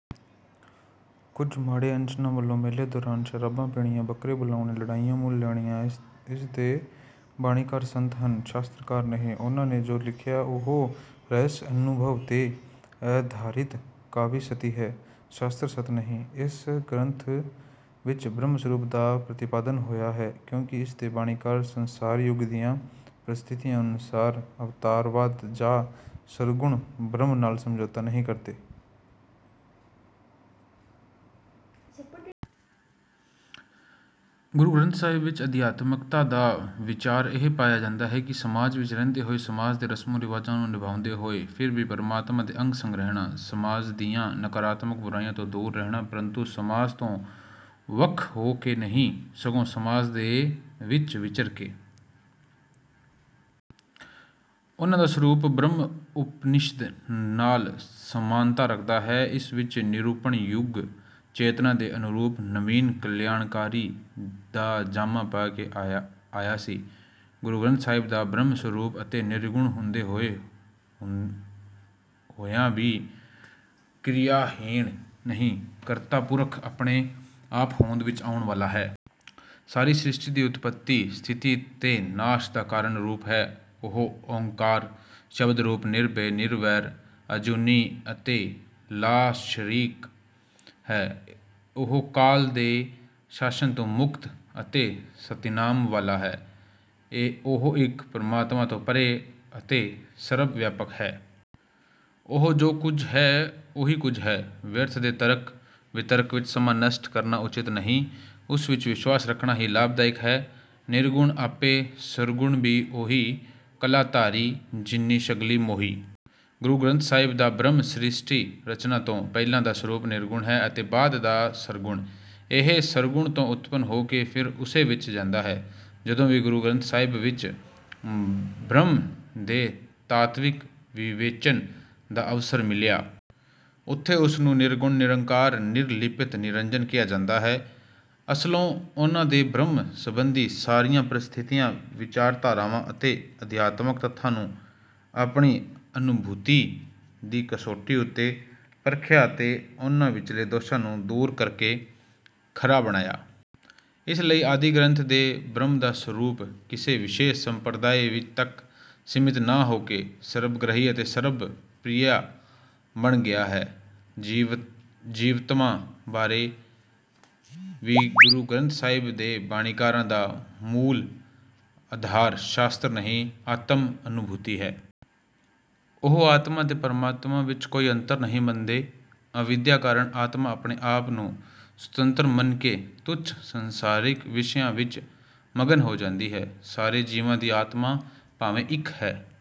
ਕੁਝ ਮਾੜੇ ਅਨਸਰਾਂ ਵੱਲੋਂ ਮੇਲੇ ਦੌਰਾਨ ਸ਼ਰਾਬਾਂ ਪੀਣੀਆਂ, ਬੱਕਰੇ ਬੁਲਾਉਣੇ, ਲੜਾਈਆਂ ਮੁੱਲ ਲੈਣੀਆਂ। ਇਸਦੇ ਬਾਣੀਕਾਰ ਸੰਤ ਹਨ, ਸਾਸ਼ਤਰਕਾਰ ਨਹੀਂ। ਉਨ੍ਹਾਂ ਨੇ ਜੋ ਕੁੱਝ ਲਿਖਿਆ, ਉਹ ਰਹੱਸ-ਅਨੁਭਵ 'ਤੇ ਅਧਾਰਿਤ ਕਾਵਿ-ਸਤਿ ਹੈ, ਸਾਸ਼ਤਰ-ਸਤ ਨਹੀਂ। ਇਸ ਗ੍ਰੰਥ ਵਿਚ ਬ੍ਰਹਮ ਸਰੂਪ ਦਾ ਪ੍ਰਤੀਪਾਦਨ ਹੋਇਆ ਹੈ, ਕਿਉਂਕਿ ਇਸਦੇ ਬਾਣੀਕਾਰ ਸੰਸਕਾਰ ਯੁਗ ਦੀਆਂ ਪਰਿਸਥਿਤੀਆਂ ਅਨੁਸਾਰ ਅਵਤਾਰਵਾਦ ਜਾਂ ਸਰਗੁਣ ਬ੍ਰਹਮ ਨਾਲ ਸਮਝੌਤਾ ਨਹੀਂ ਕਰ ਸਕੇ। ਗੁਰੂ ਗ੍ਰੰਥ ਸਾਹਿਬ ਵਿਚ ਅਧਿਆਤਮਕਤਾ ਦਾ ਵਿਚਾਰ ਇਹ ਪਾਇਆ ਜਾਂਦਾ ਹੈ ਕਿ ਸਮਾਜ ਵਿਚ ਰਹਿੰਦੇ ਹੋਏ, ਸਮਾਜ ਦੇ ਰਮਮੋਂ-ਰਿਵਾਜਾਂ ਨੂੰ ਨਿਭਾਉਂਦੇ ਹੋਏ ਫਿਰ ਵੀ ਪਰਮਾਤਮਾ ਦੇ ਅੰਗ-ਸੰਗ ਰਹਿਣਾ। ਸਮਾਜ ਦੀਆਂ ਨਾਕਾਰਾਤਮਕ ਬੁਰਾਈਆਂ ਤੋਂ ਦੂਰ ਰਹਿਣਾ, ਪਰੰਤੂ ਸਮਾਜ ਤੋਂ ਵੱਖ ਹੋ ਕੇ ਨਹੀਂ ਸਗੋਂ ਸਮਾਜ ਦੇ ਵਿਚ ਵਿਚਰ ਕੇ। ਉਨ੍ਹਾਂ ਦਾ ਸਰੂਪ ਬ੍ਰਹਮ ਉਪਨਿਸ਼ਦ ਨਾਲ ਸਮਾਨਤਾ ਰੱਖਦਾ ਹੈ। ਇਸ ਵਿਚ ਨਿਰੂਪਣ ਯੁੱਗ ਚੇਤਨਾ ਦੇ ਅਨੁਰੂਪ ਨਵੀਨ ਕਲਿਆਣਕਾਾਰੀ ਦਾ ਜਾਮਾ ਪਾ ਕੇ ਆਇਆ ਸੀ। ਗੁਰੂ ਗ੍ਰੰਥ ਸਾਹਿਬ ਦਾ ਬ੍ਰਹਮ ਸਰੂਪ ਅਤੇ ਨਿਰਗੁਣ ਹੁੰਦੇ ਹੁੰਦੇ ਹੋਇਆਂ ਵੀ ਕਿਰਿਆਹੀਣ ਨਹੀਂ, ਕਰਤਾ ਪੁਰਖ ਆਪਣੇ ਆਪ ਹੋਂਦ ਵਿਚ ਆਉਂਣ ਵਾਲਾ ਹੈ। ਸਾਰੀ ਸਿ੍ਰਸ਼ਟੀ ਦੀ ਉਤਪਤੀ, ਸਥਿਤੀ ਅਤੇ ਨਾਸ ਦਾ ਕਾਰਨ ਰੂਪ ਹੈ। ਉਹ ਓਅੰਕਾਰ, ਸ਼ਬਦ ਰੂਪ, ਨਿਰਭੈ, ਨਿਰਵੈਰ, ਅਜੂਨੀ ਅਤੇ ਲਾ-ਸ਼ਰੀਕ ਹੈ। ਉਹ ਕਾਲ ਦੇ ਸ਼ਾਸ਼ਨ ਤੋਂ ਮੁਕਤ ਅਤੇ ਸਤਿਨਾਮ ਵਾਲਾ ਹੈ। ਉਹ ਇੱਕ ਪਰਮਾਤਮਾ ਤੋਂ ਪਰ੍ਹੇ ਅਤੇ ਸਰਬ-ਵਿਆਪਕ ਹੈ। ਉਹ ਜੋ ਕੁੱਝ ਹੈ, ਉਹੀ ਕੁੱਝ ਹੈ। ਵਿਅਰਥ ਦੇ ਤਰਕ ਵਿਤਰਕ ਵਿਚ ਸਮਾਂ ਨਸ਼ਟ ਕਰਨਾ ਉਚਿਤ ਨਹੀਂ। ਉਸ ਵਿਚ ਵਿਸ਼ਵਾਸ ਰੱਖਣਾ ਹੀ ਲਾਭਦਾਇਕ ਹੈ। ਨਿਰਗੁਣ ਆਪਿ ਸਰਗੁਣੁ ਭੀ ਉਹੀ।। ਕਲਾ ਧਾਰਿ ਜਿਨਿ ਸਗਲੀ ਮੋਹੀ।। ਗੁਰੂ ਗ੍ਰੰਥ ਸਾਹਿਬ ਦਾ ਬ੍ਰਹਮ ਸਿ੍ਰਸ਼ਟੀ ਰਚਨਾ ਤੋਂ ਪਹਿਲਾਂ ਦਾ ਸਰੂਪ ਨਿਰਗੁਣ ਹੈ ਅਤੇ ਬਾਅਦ ਦਾ ਸਰਗੁਣ। ਇਹ ਸਰਗੁਣ ਤੋਂ ਉਤਪੰਨ ਹੋ ਕੇ ਫਿਰ ਉਸੇ ਵਿਚ ਜਾਂਦਾ ਹੈ। ਜਦੋਂ ਵੀ ਗੁਰੂ ਗ੍ਰੰਥ ਸਾਹਿਬ ਵਿਚ ਬ੍ਰਹਮ ਦੇ ਤਾਤਵਿਕ ਵਿਵੇਚਨ ਦਾ ਅਵਸਰ ਮਿਲਿਆ। ਉੱਥੇ ਉਸਨੂੰ ਨਿਰਗੁਣ, ਨਿਰਾਕਾਰ, ਨਿਰਲਿਪਤ, ਨਿਰੰਜਨ ਕਿਹਾ ਜਾਂਦਾ ਹੈ। ਅਸਲੋਂ ਉਨ੍ਹਾਂ ਨੇ ਬ੍ਰਹਮ ਸੰਬੰਧੀ ਸਾਰੀਆਂ ਪ੍ਰਰਸਾਰਥਿਕ ਵਿਚਾਰਧਾਰਾਵਾਂ ਅਤੇ ਅਧਿਆਤਮਕ ਤੱਥਾਂ ਨੂੰ ਆਪਣੀ ਅਨੂਭੂਤੀ ਦੀ ਕਸੌਟੀ ਉੱਤੇ ਪਰਖਿਆ ਅਤੇ ਉਨ੍ਹਾਂ ਵਿਚਲੇ ਦੋਸਾਂ ਨੂੰ ਦੂਰ ਕਰਕੇ ਖਰਾ ਬਣਾਇਆ। ਇਸ ਲਈ ਆਦਿ ਗ੍ਰੰਥ ਦੇ ਬ੍ਰਹਮ ਦਾ ਸਰੂਪ ਕਿਸੇ ਵਿਸ਼ੇਸ਼ ਸੰਪਰਦਾਇ ਤੱਕ ਸੀਮਿਤ ਨਾ ਹੋ ਕੇ ਸਰਬਗ੍ਰਾਹੀ ਅਤੇ ਸਰਵ ਪਿ੍ਰਯਾ ਬਣ ਸਕਿਆ ਹੈੇੇ। ਜੀਵਤਮਾ ਬਾਰੇ ਵੀ ਗੁਰੂ ਗ੍ਰੰਥ ਸਾਹਿਬ ਦੇ ਬਾਣੀਕਾਰਾਂ ਦਾ ਮੂਲ ਅਧਾਰ ਸਾਸ਼ਤਰ ਨਹੀਂ, ਆਤਮ ਅਨੂਭੂਤੀ ਹੈ। ਉਹ ਆਤਮਾ ਅਤੇ ਪਰਮਾਤਮਾ ਵਿਚ ਕੋਈ ਅੰਤਰ ਨਹੀਂ ਮੰਨਦੇ। ਅਵਿਦਿਆ ਕਾਰਨ ਆਤਮਾ ਆਪਣੇ ਆਪ ਨੂੰ ਸੁਤੰਤਰ ਮੰਨ ਕੇ ਤੁੱਛ ਸੰਸਾਰਿਕ ਵਿਸ਼ਿਆਂ ਵਿਚ ਮਗਨ ਹੋ ਜਾਂਦੀ ਹੈ। ਸਾਰੇ ਜੀਵਾਂ ਦੀ ਆਤਮਾ ਭਾਵੇਂ ਇਕ ਹੈ,